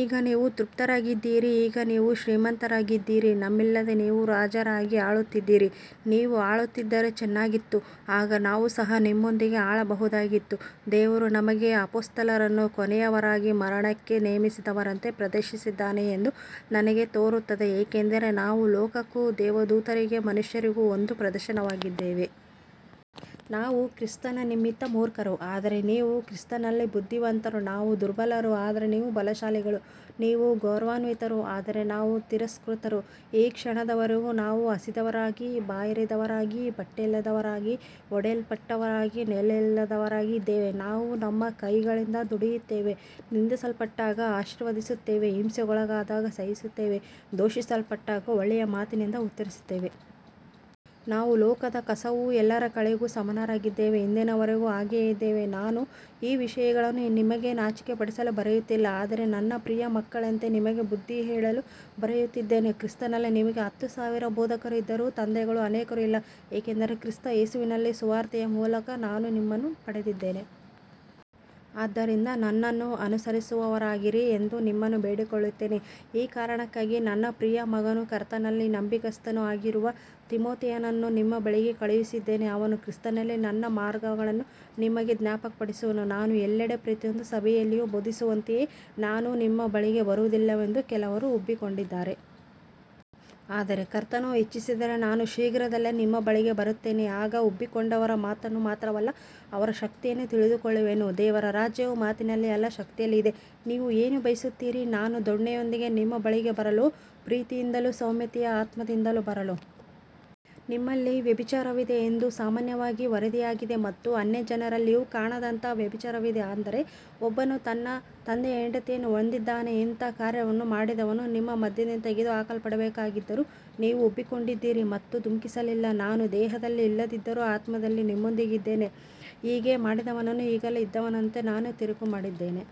ಈಗ ನೀವು ತೃಪ್ತರಾಗಿದ್ದೀರಿ, ಈಗ ನೀವು ಶ್ರೀಮಂತರಾಗಿದ್ದೀರಿ, ನಮ್ಮಿಲ್ಲದೆ ನೀವು ರಾಜರಾಗಿ ಆಳುತ್ತಿದ್ದೀರಿ. ನೀವು ಆಳುತ್ತಿದ್ದರೆ ಚೆನ್ನಾಗಿತ್ತು, ಆಗ ನಾವು ಸಹ ನಿಮ್ಮೊಂದಿಗೆ ಆಳಬಹುದಾಗಿತ್ತು. ದೇವರು ನಮಗೆ ಅಪೊಸ್ತಲರನ್ನು ಕೊನೆಯವರಾಗಿ, ಮರಣಕ್ಕೆ ನೇಮಿಸಿದವರಂತೆ ಪ್ರದರ್ಶಿಸಿದ್ದಾನೆ ಎಂದು ನನಗೆ ತೋರುತ್ತದೆ, ಏಕೆಂದರೆ ನಾವು ಲೋಕಕ್ಕೂ ದೇವದೂತರಿಗೆ ಮನುಷ್ಯರಿಗೂ ಒಂದು ಪ್ರದರ್ಶನವಾಗಿದ್ದೇವೆ. ನಾವು ಕ್ರಿಸ್ತನ ನಿಮಿತ್ತ ಮೂರ್ಖರು, ಆದರೆ ನೀವು ಕ್ರಿಸ್ತನಲ್ಲಿ ಬುದ್ಧಿವಂತರು. ನಾವು ದುರ್ಬಲರು, ಆದರೆ ನೀವು ಬಲಶಾಲಿಗಳು. ನೀವು ಗೌರವಾನ್ವಿತರು, ಆದರೆ ನಾವು ತಿರಸ್ಕೃತರು. ಈ ಕ್ಷಣದವರೆಗೂ ನಾವು ಹಸಿದವರಾಗಿ, ಬಾಯಾರಿದವರಾಗಿ, ಬಟ್ಟೆಯಿಲ್ಲದವರಾಗಿ, ಹೊಡೆಯಲ್ಪಟ್ಟವರಾಗಿ, ನೆಲೆಯಿಲ್ಲದವರಾಗಿ ಇದ್ದೇವೆ. ನಾವು ನಮ್ಮ ಕೈಗಳಿಂದ ದುಡಿಯುತ್ತೇವೆ. ನಿಂದಿಸಲ್ಪಟ್ಟಾಗ ಆಶೀರ್ವದಿಸುತ್ತೇವೆ, ಹಿಂಸೆಗೊಳಗಾದಾಗ ಸಹಿಸುತ್ತೇವೆ, ದೂಷಿಸಲ್ಪಟ್ಟಾಗ ಒಳ್ಳೆಯ ಮಾತಿನಿಂದ ಉತ್ತರಿಸುತ್ತೇವೆ. ನಾವು ಲೋಕದ ಕಸವೂ ಎಲ್ಲರ ಕಳೆಗೂ ಸಮಾನರಾಗಿದ್ದೇವೆ, ಇಂದಿನವರೆಗೂ ಹಾಗೆಯೇ ಇದ್ದೇವೆ. ನಾನು ಈ ವಿಷಯಗಳನ್ನು ನಿಮಗೆ ನಾಚಿಕೆಪಡಿಸಲು ಬರೆಯುತ್ತಿಲ್ಲ, ಆದರೆ ನನ್ನ ಪ್ರಿಯ ಮಕ್ಕಳಂತೆ ನಿಮಗೆ ಬುದ್ಧಿಹೇಳಲು ಬರೆಯುತ್ತಿದ್ದೇನೆ. ಕ್ರಿಸ್ತನಲ್ಲಿ ನಿಮಗೆ ಹತ್ತು ಸಾವಿರ ಬೋಧಕರು ಇದ್ದರೂ ತಂದೆಗಳು ಅನೇಕರು ಇಲ್ಲ, ಏಕೆಂದರೆ ಕ್ರಿಸ್ತ ಯೇಸುವಿನಲ್ಲಿ ಸುವಾರ್ತೆಯ ಮೂಲಕ ನಾನು ನಿಮ್ಮನ್ನು ಪಡೆದಿದ್ದೇನೆ. ಆದ್ದರಿಂದ ನನ್ನನ್ನು ಅನುಸರಿಸುವವರಾಗಿರಿ ಎಂದು ನಿಮ್ಮನ್ನು ಬೇಡಿಕೊಳ್ಳುತ್ತೇನೆ. ಈ ಕಾರಣಕ್ಕಾಗಿ ನನ್ನ ಪ್ರಿಯ ಮಗನೂ ಕರ್ತನಲ್ಲಿ ನಂಬಿಗಸ್ತನೂ ಆಗಿರುವ ತಿಮೊಥೆಯನನ್ನು ನಿಮ್ಮ ಬಳಿಗೆ ಕಳುಹಿಸಿದ್ದೇನೆ. ಅವನು ಕ್ರಿಸ್ತನಲ್ಲಿ ನನ್ನ ಮಾರ್ಗಗಳನ್ನು ನಿಮಗೆ ಜ್ಞಾಪಕಪಡಿಸುವನು, ನಾನು ಎಲ್ಲೆಡೆ ಪ್ರತಿಯೊಂದು ಸಭೆಯಲ್ಲಿಯೂ ಬೋಧಿಸುವಂತೆಯೇ. ನಾನು ನಿಮ್ಮ ಬಳಿಗೆ ಬರುವುದಿಲ್ಲವೆಂದು ಕೆಲವರು ಉಬ್ಬಿಕೊಂಡಿದ್ದಾರೆ. ಆದರೆ ಕರ್ತನು ಇಚ್ಛಿಸಿದರೆ ನಾನು ಶೀಘ್ರದಲ್ಲೇ ನಿಮ್ಮ ಬಳಿಗೆ ಬರುತ್ತೇನೆ. ಆಗ ಉಬ್ಬಿಕೊಂಡವರ ಮಾತನ್ನು ಮಾತ್ರವಲ್ಲ, ಅವರ ಶಕ್ತಿಯನ್ನೂ ತಿಳಿದುಕೊಳ್ಳುವೆನು. ದೇವರ ರಾಜ್ಯವು ಮಾತಿನಲ್ಲಿ ಅಲ್ಲ, ಶಕ್ತಿಯಲ್ಲಿ ಇದೆ. ನೀವು ಏನು ಬಯಸುತ್ತೀರಿ, ನಾನು ದೊಣ್ಣೆಯೊಂದಿಗೆ ನಿಮ್ಮ ಬಳಿಗೆ ಬರಲೋ, ಪ್ರೀತಿಯಿಂದಲೂ ಸೌಮ್ಯತೆಯ ಆತ್ಮದಿಂದಲೂ ಬರಲೋ. ನಿಮ್ಮಲ್ಲಿ ವ್ಯಭಿಚಾರವಿದೆ ಎಂದು ಸಾಮಾನ್ಯವಾಗಿ ವರದಿಯಾಗಿದೆ, ಮತ್ತು ಅನ್ಯಜನರಲ್ಲಿಯೂ ಕಾಣದಂಥ ವ್ಯಭಿಚಾರವಿದೆ, ಅಂದರೆ ಒಬ್ಬನು ತನ್ನ ತಂದೆಯ ಹೆಂಡತಿಯನ್ನು ಹೊಂದಿದ್ದಾನೆ. ಇಂಥ ಕಾರ್ಯವನ್ನು ಮಾಡಿದವನು ನಿಮ್ಮ ಮಧ್ಯದಿಂದ ತೆಗೆದುಹಾಕಲ್ಪಡಬೇಕಾಗಿದ್ದರೂ ನೀವು ಉಬ್ಬಿಕೊಂಡಿದ್ದೀರಿ ಮತ್ತು ದುಃಖಿಸಲಿಲ್ಲ. ನಾನು ದೇಹದಲ್ಲಿ ಇಲ್ಲದಿದ್ದರೂ ಆತ್ಮದಲ್ಲಿ ನಿಮ್ಮೊಂದಿಗಿದ್ದೇನೆ. ಹೀಗೆ ಮಾಡಿದವನನ್ನು ಈಗಾಗಲೇ ಇದ್ದವನಂತೆ ನಾನು ತೀರ್ಪುಮಾಡಿದ್ದೇನೆ.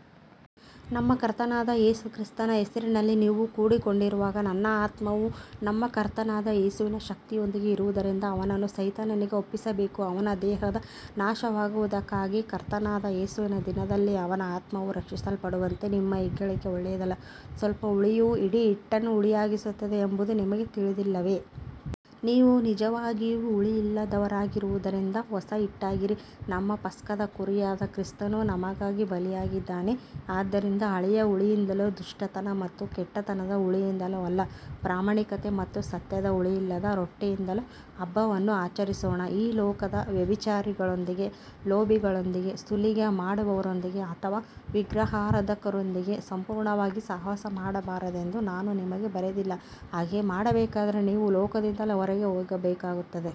ನಮ್ಮ ಕರ್ತನಾದ ಯೇಸು ಕ್ರಿಸ್ತನ ಹೆಸರಿನಲ್ಲಿ ನೀವು ಕೂಡಿಕೊಂಡಿರುವಾಗ, ನನ್ನ ಆತ್ಮವೂ ನಮ್ಮ ಕರ್ತನಾದ ಯೇಸುವಿನ ಶಕ್ತಿಯೊಂದಿಗೆ ಇರುವುದರಿಂದ, ಅವನನ್ನು ಸೈತಾನನಿಗೆ ಒಪ್ಪಿಸಬೇಕು, ಅವನ ದೇಹದ ನಾಶವಾಗುವುದಕ್ಕಾಗಿ, ಕರ್ತನಾದ ಯೇಸುವಿನ ದಿನದಲ್ಲಿ ಅವನ ಆತ್ಮವು ರಕ್ಷಿಸಲ್ಪಡುವಂತೆ. ನಿಮ್ಮ ಹೆಗ್ಗಳಿಕೆ ಒಳ್ಳೆಯದಲ್ಲ. ಸ್ವಲ್ಪ ಹುಳಿಯು ಇಡೀ ಹಿಟ್ಟನ್ನು ಹುಳಿಯಾಗಿಸುತ್ತದೆ ಎಂಬುದು ನಿಮಗೆ ತಿಳಿದಿಲ್ಲವೇ. ನೀವು ನಿಜವಾಗಿಯೂ ಹುಳಿಯಿಲ್ಲದವರಾಗಿರುವುದರಿಂದ ಹೊಸ ಹಿಟ್ಟಾಗಿರಿ. ನಮ್ಮ ಪಸ್ಕದ ಕುರಿಯಾದ ಕ್ರಿಸ್ತನು ನಮಗಾಗಿ ಬಲಿಯಾಗಿದ್ದಾನೆ. ಆದ್ದರಿಂದ ಹಳೆಯ ಹುಳಿಯಿಂದಲೂ ದುಷ್ಟತನ ಮತ್ತು ಕೆಟ್ಟತನದ ಹುಳಿಯಿಂದಲೂ ಅಲ್ಲ, ಪ್ರಾಮಾಣಿಕತೆ ಮತ್ತು ಸತ್ಯದ ಹುಳಿಯಿಲ್ಲದ ರೊಟ್ಟಿಯಿಂದಲೂ ಹಬ್ಬವನ್ನು ಆಚರಿಸೋಣ. ಈ ಲೋಕದ ವ್ಯಭಿಚಾರಿಗಳೊಂದಿಗೆ, ಲೋಭಿಗಳೊಂದಿಗೆ, ಸುಲಿಗೆ ಮಾಡುವವರೊಂದಿಗೆ ಅಥವಾ ವಿಗ್ರಹಾರಾಧಕರೊಂದಿಗೆ ಸಂಪೂರ್ಣವಾಗಿ ಸಹವಾಸ ಮಾಡಬಾರದೆಂದು ನಾನು ನಿಮಗೆ ಬರೆದಿಲ್ಲ, ಹಾಗೆ ಮಾಡಬೇಕಾದರೆ ನೀವು ಲೋಕದಿಂದಲೇ ಹೊರಗೆ ಹೋಗಬೇಕಾಗುತ್ತದೆ.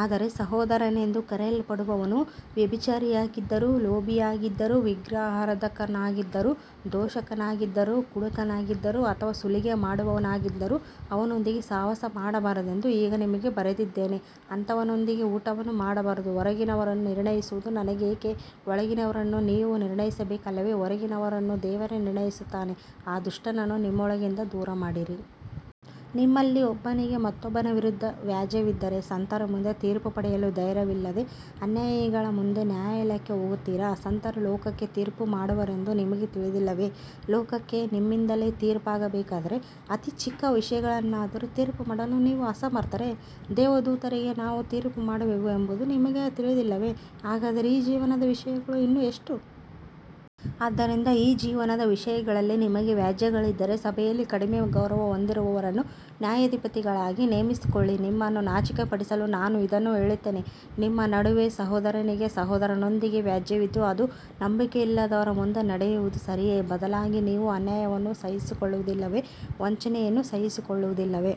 ಆದರೆ ಸಹೋದರನೆಂದು ಕರೆಯಲ್ಪಡುವವನು ವ್ಯಭಿಚಾರಿಯಾಗಿದ್ದರೂ, ಲೋಭಿಯಾಗಿದ್ದರೂ, ವಿಗ್ರಹಾರಾಧಕನಾಗಿದ್ದರೂ, ದೂಷಕನಾಗಿದ್ದರೂ, ಕುಡುಕನಾಗಿದ್ದರೂ ಅಥವಾ ಸುಲಿಗೆ ಮಾಡುವವನಾಗಿದ್ದರೂ ಅವನೊಂದಿಗೆ ಸಹವಾಸ ಮಾಡಬಾರದೆಂದು ಈಗ ನಿಮಗೆ ಬರೆದಿದ್ದೇನೆ, ಅಂಥವನೊಂದಿಗೆ ಊಟವನ್ನೂ ಮಾಡಬಾರದು. ಹೊರಗಿನವರನ್ನು ನಿರ್ಣಯಿಸುವುದು ನನಗೆ ಏಕೆ. ಒಳಗಿನವರನ್ನು ನೀವು ನಿರ್ಣಯಿಸಬೇಕಲ್ಲವೇ. ಹೊರಗಿನವರನ್ನು ದೇವರೇ ನಿರ್ಣಯಿಸುತ್ತಾನೆ. ಆ ದುಷ್ಟನನ್ನು ನಿಮ್ಮೊಳಗಿಂದ ದೂರಮಾಡಿರಿ. ನಿಮ್ಮಲ್ಲಿ ಒಬ್ಬನಿಗೆ ಮತ್ತೊಬ್ಬನ ವಿರುದ್ಧ ವ್ಯಾಜ್ಯವಿದ್ದರೆ, ಸಂತರ ಮುಂದೆ ತೀರ್ಪು ಪಡೆಯಲು ಧೈರ್ಯವಿಲ್ಲದೆ ಅನ್ಯಾಯಿಗಳ ಮುಂದೆ ನ್ಯಾಯಾಲಯಕ್ಕೆ ಹೋಗುತ್ತೀರಾ. ಸಂತರು ಲೋಕಕ್ಕೆ ತೀರ್ಪು ಮಾಡುವರೆಂದು ನಿಮಗೆ ತಿಳಿದಿಲ್ಲವೇ. ಲೋಕಕ್ಕೆ ನಿಮ್ಮಿಂದಲೇ ತೀರ್ಪಾಗಬೇಕಾದರೆ, ಅತಿ ಚಿಕ್ಕ ವಿಷಯಗಳನ್ನಾದರೂ ತೀರ್ಪುಮಾಡಲು ನೀವು ಅಸಮರ್ಥರೇ. ದೇವದೂತರಿಗೆ ನಾವು ತೀರ್ಪು ಮಾಡುವೆವು ಎಂಬುದು ನಿಮಗೆ ತಿಳಿದಿಲ್ಲವೇ, ಹಾಗಾದರೆ ಈ ಜೀವನದ ವಿಷಯಗಳು ಇನ್ನೂ ಎಷ್ಟು. ಆದ್ದರಿಂದ ಈ ಜೀವನದ ವಿಷಯಗಳಲ್ಲಿ ನಿಮಗೆ ವ್ಯಾಜ್ಯಗಳಿದ್ದರೆ, ಸಭೆಯಲ್ಲಿ ಕಡಿಮೆ ಗೌರವ ಹೊಂದಿರುವವರನ್ನು ನ್ಯಾಯಾಧಿಪತಿಗಳಾಗಿ ನೇಮಿಸಿಕೊಳ್ಳಿ. ನಿಮ್ಮನ್ನು ನಾಚಿಕೆಪಡಿಸಲು ನಾನು ಇದನ್ನು ಹೇಳುತ್ತೇನೆ. ನಿಮ್ಮ ನಡುವೆ ಸಹೋದರನಿಗೆ ಸಹೋದರನೊಂದಿಗೆ ವ್ಯಾಜ್ಯವಿದ್ದು, ಅದು ನಂಬಿಕೆಯಿಲ್ಲದವರ ಮುಂದೆ ನಡೆಯುವುದು ಸರಿಯೇ. ಬದಲಾಗಿ ನೀವು ಅನ್ಯಾಯವನ್ನು ಸಹಿಸಿಕೊಳ್ಳುವುದಿಲ್ಲವೇ, ವಂಚನೆಯನ್ನು ಸಹಿಸಿಕೊಳ್ಳುವುದಿಲ್ಲವೇ.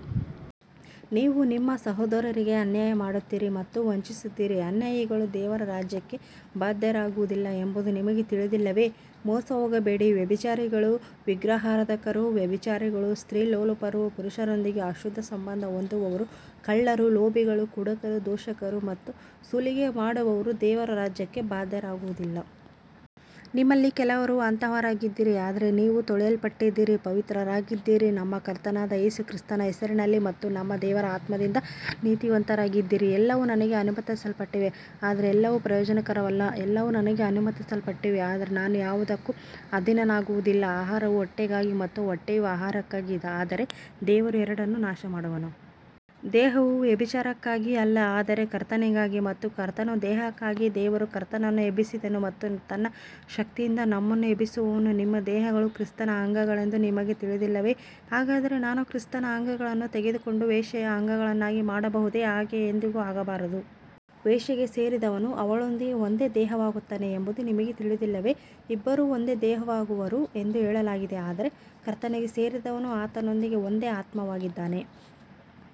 ನೀವು ನಿಮ್ಮ ಸಹೋದರರಿಗೇ ಅನ್ಯಾಯ ಮಾಡುತ್ತೀರಿ ಮತ್ತು ವಂಚಿಸುತ್ತೀರಿ. ಅನ್ಯಾಯಿಗಳು ದೇವರ ರಾಜ್ಯಕ್ಕೆ ಬಾಧ್ಯರಾಗುವುದಿಲ್ಲ ಎಂಬುದು ನಿಮಗೆ ತಿಳಿದಿಲ್ಲವೇ. ಮೋಸಹೋಗಬೇಡಿ. ವ್ಯಭಿಚಾರಿಗಳು, ವಿಗ್ರಹಾರಾಧಕರು, ವ್ಯಭಿಚಾರಿಗಳು, ಸ್ತ್ರೀಲೋಲುಪರು, ಪುರುಷರೊಂದಿಗೆ ಅಶುದ್ಧ ಸಂಬಂಧ ಹೊಂದುವವರು, ಕಳ್ಳರು, ಲೋಭಿಗಳು, ಕುಡುಕರು, ದೂಷಕರು ಮತ್ತು ಸುಲಿಗೆ ಮಾಡುವವರು ದೇವರ ರಾಜ್ಯಕ್ಕೆ ಬಾಧ್ಯರಾಗುವುದಿಲ್ಲ. ನಿಮ್ಮಲ್ಲಿ ಕೆಲವರು ಅಂತಹವರಾಗಿದ್ದಿರಿ. ಆದರೆ ನೀವು ತೊಳೆಯಲ್ಪಟ್ಟಿದ್ದೀರಿ, ಪವಿತ್ರರಾಗಿದ್ದೀರಿ, ನಮ್ಮ ಕರ್ತನಾದ ಯೇಸು ಕ್ರಿಸ್ತನ ಹೆಸರಿನಲ್ಲಿ ಮತ್ತು ನಮ್ಮ ದೇವರ ಆತ್ಮದಿಂದ ನೀತಿವಂತರಾಗಿದ್ದೀರಿ. ಎಲ್ಲವೂ ನನಗೆ ಅನುಮತಿಸಲ್ಪಟ್ಟಿವೆ, ಆದರೆ ಎಲ್ಲವೂ ಪ್ರಯೋಜನಕರವಲ್ಲ. ಎಲ್ಲವೂ ನನಗೆ ಅನುಮತಿಸಲ್ಪಟ್ಟಿವೆ, ಆದರೆ ನಾನು ಯಾವುದಕ್ಕೂ ಅಧೀನನಾಗುವುದಿಲ್ಲ. ಆಹಾರವು ಹೊಟ್ಟೆಗಾಗಿ ಮತ್ತು ಹೊಟ್ಟೆಯು ಆಹಾರಕ್ಕಾಗಿ, ಆದರೆ ದೇವರು ಎರಡನ್ನೂ ನಾಶಮಾಡುವನು. ದೇಹವು ವ್ಯಭಿಚಾರಕ್ಕಾಗಿ ಅಲ್ಲ, ಆದರೆ ಕರ್ತನಿಗಾಗಿ, ಮತ್ತು ಕರ್ತನು ದೇಹಕ್ಕಾಗಿ. ದೇವರು ಕರ್ತನನ್ನು ಎಬ್ಬಿಸಿದನು ಮತ್ತು ತನ್ನ ಶಕ್ತಿಯಿಂದ ನಮ್ಮನ್ನೂ ಎಬ್ಬಿಸುವನು. ನಿಮ್ಮ ದೇಹಗಳು ಕ್ರಿಸ್ತನ ಅಂಗಗಳೆಂದು ನಿಮಗೆ ತಿಳಿದಿಲ್ಲವೇ. ಹಾಗಾದರೆ ನಾನು ಕ್ರಿಸ್ತನ ಅಂಗಗಳನ್ನು ತೆಗೆದುಕೊಂಡು ವೇಶ್ಯೆಯ ಅಂಗಗಳನ್ನಾಗಿ ಮಾಡಬಹುದೇ. ಹಾಗೆ ಎಂದಿಗೂ ಆಗಬಾರದು. ವೇಶ್ಯೆಗೆ ಸೇರಿದವನು ಅವಳೊಂದಿಗೆ ಒಂದೇ ದೇಹವಾಗುತ್ತಾನೆ ಎಂಬುದು ನಿಮಗೆ ತಿಳಿದಿಲ್ಲವೇ, ಇಬ್ಬರೂ ಒಂದೇ ದೇಹವಾಗುವರು ಎಂದು ಹೇಳಲಾಗಿದೆ. ಆದರೆ ಕರ್ತನಿಗೆ ಸೇರಿದವನು ಆತನೊಂದಿಗೆ ಒಂದೇ ಆತ್ಮವಾಗಿದ್ದಾನೆ.